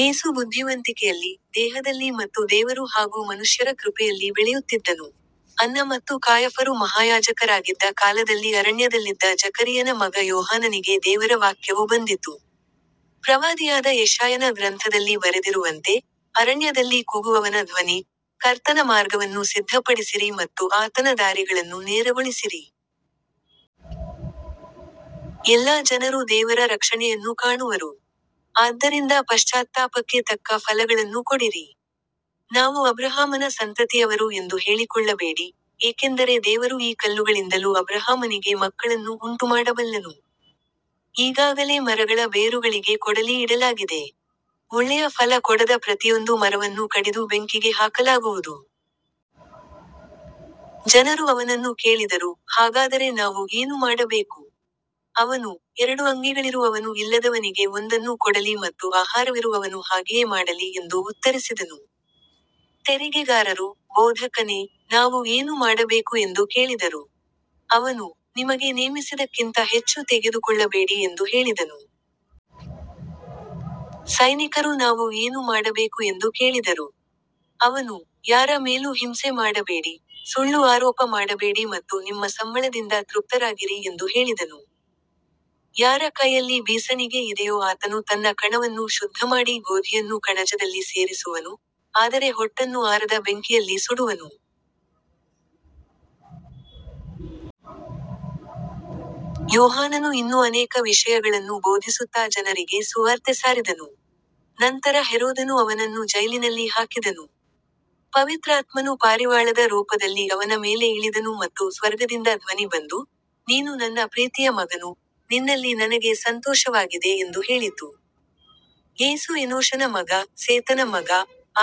ಯೇಸು ಬುದ್ಧಿವಂತಿಕೆಯಲ್ಲಿ, ದೇಹದಲ್ಲಿ ಮತ್ತು ದೇವರು ಹಾಗೂ ಮನುಷ್ಯರ ಕೃಪೆಯಲ್ಲಿ ಬೆಳೆಯುತ್ತಿದ್ದನು. ಅನ್ನ ಮತ್ತು ಕಾಯಫರು ಮಹಾಯಾಜಕರಾಗಿದ್ದ ಕಾಲದಲ್ಲಿ ಅರಣ್ಯದಲ್ಲಿದ್ದ ಜಕರೀಯನ ಮಗ ಯೋಹಾನನಿಗೆ ದೇವರ ವಾಕ್ಯವು ಬಂದಿತು. ಪ್ರವಾದಿಯಾದ ಯೆಶಾಯನ ಗ್ರಂಥದಲ್ಲಿ ಬರೆದಿರುವಂತೆ, ಅರಣ್ಯದಲ್ಲಿ ಕೂಗುವವನ ಧ್ವನಿ, ಕರ್ತನ ಮಾರ್ಗವನ್ನು ಸಿದ್ಧಪಡಿಸಿರಿ ಮತ್ತು ಆತನ ದಾರಿಗಳನ್ನು ನೇರಗೊಳಿಸಿರಿ. ಎಲ್ಲಾ ಜನರೂ ದೇವರ ರಕ್ಷಣೆಯನ್ನು ಕಾಣುವರು. ಆದ್ದರಿಂದ ಪಶ್ಚಾತ್ತಾಪಕ್ಕೆ ತಕ್ಕ ಫಲಗಳನ್ನು ಕೊಡಿರಿ. ನಾವು ಅಬ್ರಹಾಮನ ಸಂತತಿಯವರು ಎಂದು ಹೇಳಿಕೊಳ್ಳಬೇಡಿ, ಏಕೆಂದರೆ ದೇವರು ಈ ಕಲ್ಲುಗಳಿಂದಲೂ ಅಬ್ರಹಾಮನಿಗೆ ಮಕ್ಕಳನ್ನು ಉಂಟುಮಾಡಬಲ್ಲನು. ಈಗಾಗಲೇ ಮರಗಳ ಬೇರುಗಳಿಗೆ ಕೊಡಲಿ ಇಡಲಾಗಿದೆ. ಒಳ್ಳೆಯ ಫಲ ಕೊಡದ ಪ್ರತಿಯೊಂದು ಮರವನ್ನು ಕಡಿದು ಬೆಂಕಿಗೆ ಹಾಕಲಾಗುವುದು. ಜನರು ಅವನನ್ನು ಕೇಳಿದರು, ಹಾಗಾದರೆ ನಾವು ಏನು ಮಾಡಬೇಕು? ಅವನು, ಎರಡು ಅಂಗಿಗಳಿರುವವನು ಇಲ್ಲದವನಿಗೆ ಒಂದನ್ನು ಕೊಡಲಿ ಮತ್ತು ಆಹಾರವಿರುವವನು ಹಾಗೆಯೇ ಮಾಡಲಿ ಎಂದು ಉತ್ತರಿಸಿದನು. ತೆರಿಗೆಗಾರರು, ಬೋಧಕನೇ, ನಾವು ಏನು ಮಾಡಬೇಕು ಎಂದು ಕೇಳಿದರು. ಅವನು, ನಿಮಗೆ ನೇಮಿಸಿದಕ್ಕಿಂತ ಹೆಚ್ಚು ತೆಗೆದುಕೊಳ್ಳಬೇಡಿ ಎಂದು ಹೇಳಿದನು. ಸೈನಿಕರೂ ನಾವು ಏನು ಮಾಡಬೇಕು ಎಂದು ಕೇಳಿದರು. ಅವನು, ಯಾರ ಮೇಲೂ ಹಿಂಸೆ ಮಾಡಬೇಡಿ, ಸುಳ್ಳು ಆರೋಪ ಮಾಡಬೇಡಿ ಮತ್ತು ನಿಮ್ಮ ಸಂಬಳದಿಂದ ತೃಪ್ತರಾಗಿರಿ ಎಂದು ಹೇಳಿದನು. ಯಾರ ಕೈಯಲ್ಲಿ ಬೀಸಣಿಗೆ ಇದೆಯೋ ಆತನು ತನ್ನ ಕಣವನ್ನು ಶುದ್ಧಮಾಡಿ ಗೋಧಿಯನ್ನು ಕಣಜದಲ್ಲಿ ಸೇರಿಸುವನು, ಆದರೆ ಹೊಟ್ಟನ್ನು ಆರದ ಬೆಂಕಿಯಲ್ಲಿ ಸುಡುವನು. ಯೋಹಾನನು ಇನ್ನೂ ಅನೇಕ ವಿಷಯಗಳನ್ನು ಬೋಧಿಸುತ್ತಾ ಜನರಿಗೆ ಸುವಾರ್ತೆ ಸಾರಿದನು. ನಂತರ ಹೆರೋದನು ಅವನನ್ನು ಜೈಲಿನಲ್ಲಿ ಹಾಕಿದನು. ಪವಿತ್ರಾತ್ಮನು ಪಾರಿವಾಳದ ರೂಪದಲ್ಲಿ ಅವನ ಮೇಲೆ ಇಳಿದನು ಮತ್ತು ಸ್ವರ್ಗದಿಂದ ಧ್ವನಿ ಬಂದು, ನೀನು ನನ್ನ ಪ್ರೀತಿಯ ಮಗನು, ನಿನ್ನಲ್ಲಿ ನನಗೆ ಸಂತೋಷವಾಗಿದೆ ಎಂದು ಹೇಳಿತು. ಯೇಸು ಎನೋಷನ ಮಗ, ಸೇತನ ಮಗ,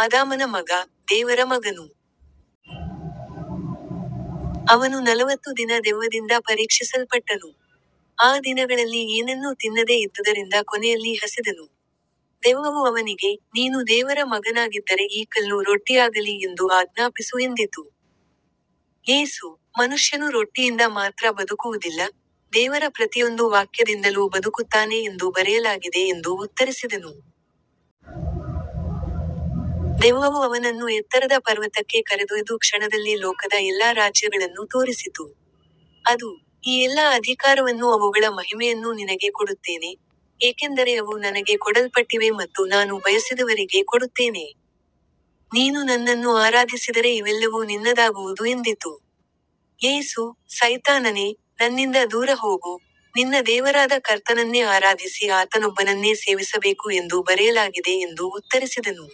ಆದಾಮನ ಮಗ, ದೇವರ ಮಗನು. ಅವನು ನಲವತ್ತು ದಿನ ದೆವ್ವದಿಂದ ಪರೀಕ್ಷಿಸಲ್ಪಟ್ಟನು. ಆ ದಿನಗಳಲ್ಲಿ ಏನನ್ನೂ ತಿನ್ನದೆ ಇದ್ದುದರಿಂದ ಕೊನೆಯಲ್ಲಿ ಹಸಿದನು. ದೆವ್ವವು ಅವನಿಗೆ, ನೀನು ದೇವರ ಮಗನಾಗಿದ್ದರೆ ಈ ಕಲ್ಲು ರೊಟ್ಟಿಯಾಗಲಿ ಎಂದು ಆಜ್ಞಾಪಿಸು ಎಂದಿತು. ಯೇಸು, ಮನುಷ್ಯನು ರೊಟ್ಟಿಯಿಂದ ಮಾತ್ರ ಬದುಕುವುದಿಲ್ಲ, ದೇವರ ಪ್ರತಿಯೊಂದು ವಾಕ್ಯದಿಂದಲೂ ಬದುಕುತ್ತಾನೆ ಎಂದು ಬರೆಯಲಾಗಿದೆ ಎಂದು ಉತ್ತರಿಸಿದನು. ದೆವ್ವವು ಅವನನ್ನು ಎತ್ತರದ ಪರ್ವತಕ್ಕೆ ಕರೆದೊಯ್ದು ಕ್ಷಣದಲ್ಲೇ ಲೋಕದ ಎಲ್ಲಾ ರಾಜ್ಯಗಳನ್ನು ತೋರಿಸಿತು. ಅದು, ಈ ಎಲ್ಲಾ ಅಧಿಕಾರವನ್ನೂ ಅವುಗಳ ಮಹಿಮೆಯನ್ನೂ ನಿನಗೆ ಕೊಡುತ್ತೇನೆ, ಏಕೆಂದರೆ ಅವು ನನಗೆ ಕೊಡಲ್ಪಟ್ಟಿವೆ ಮತ್ತು ನಾನು ಬಯಸಿದವರಿಗೆ ಕೊಡುತ್ತೇನೆ. ನೀನು ನನ್ನನ್ನು ಆರಾಧಿಸಿದರೆ ಇವೆಲ್ಲವೂ ನಿನ್ನದಾಗುವುದು ಎಂದಿತು. ಯೇಸು, ಸೈತಾನನೇ, ನನ್ನಿಂದ ದೂರ ಹೋಗು, ನಿನ್ನ ದೇವರಾದ ಕರ್ತನನ್ನೇ ಆರಾಧಿಸಿ ಆತನೊಬ್ಬನನ್ನೇ ಸೇವಿಸಬೇಕು ಎಂದು ಬರೆಯಲಾಗಿದೆ ಎಂದು ಉತ್ತರಿಸಿದನು.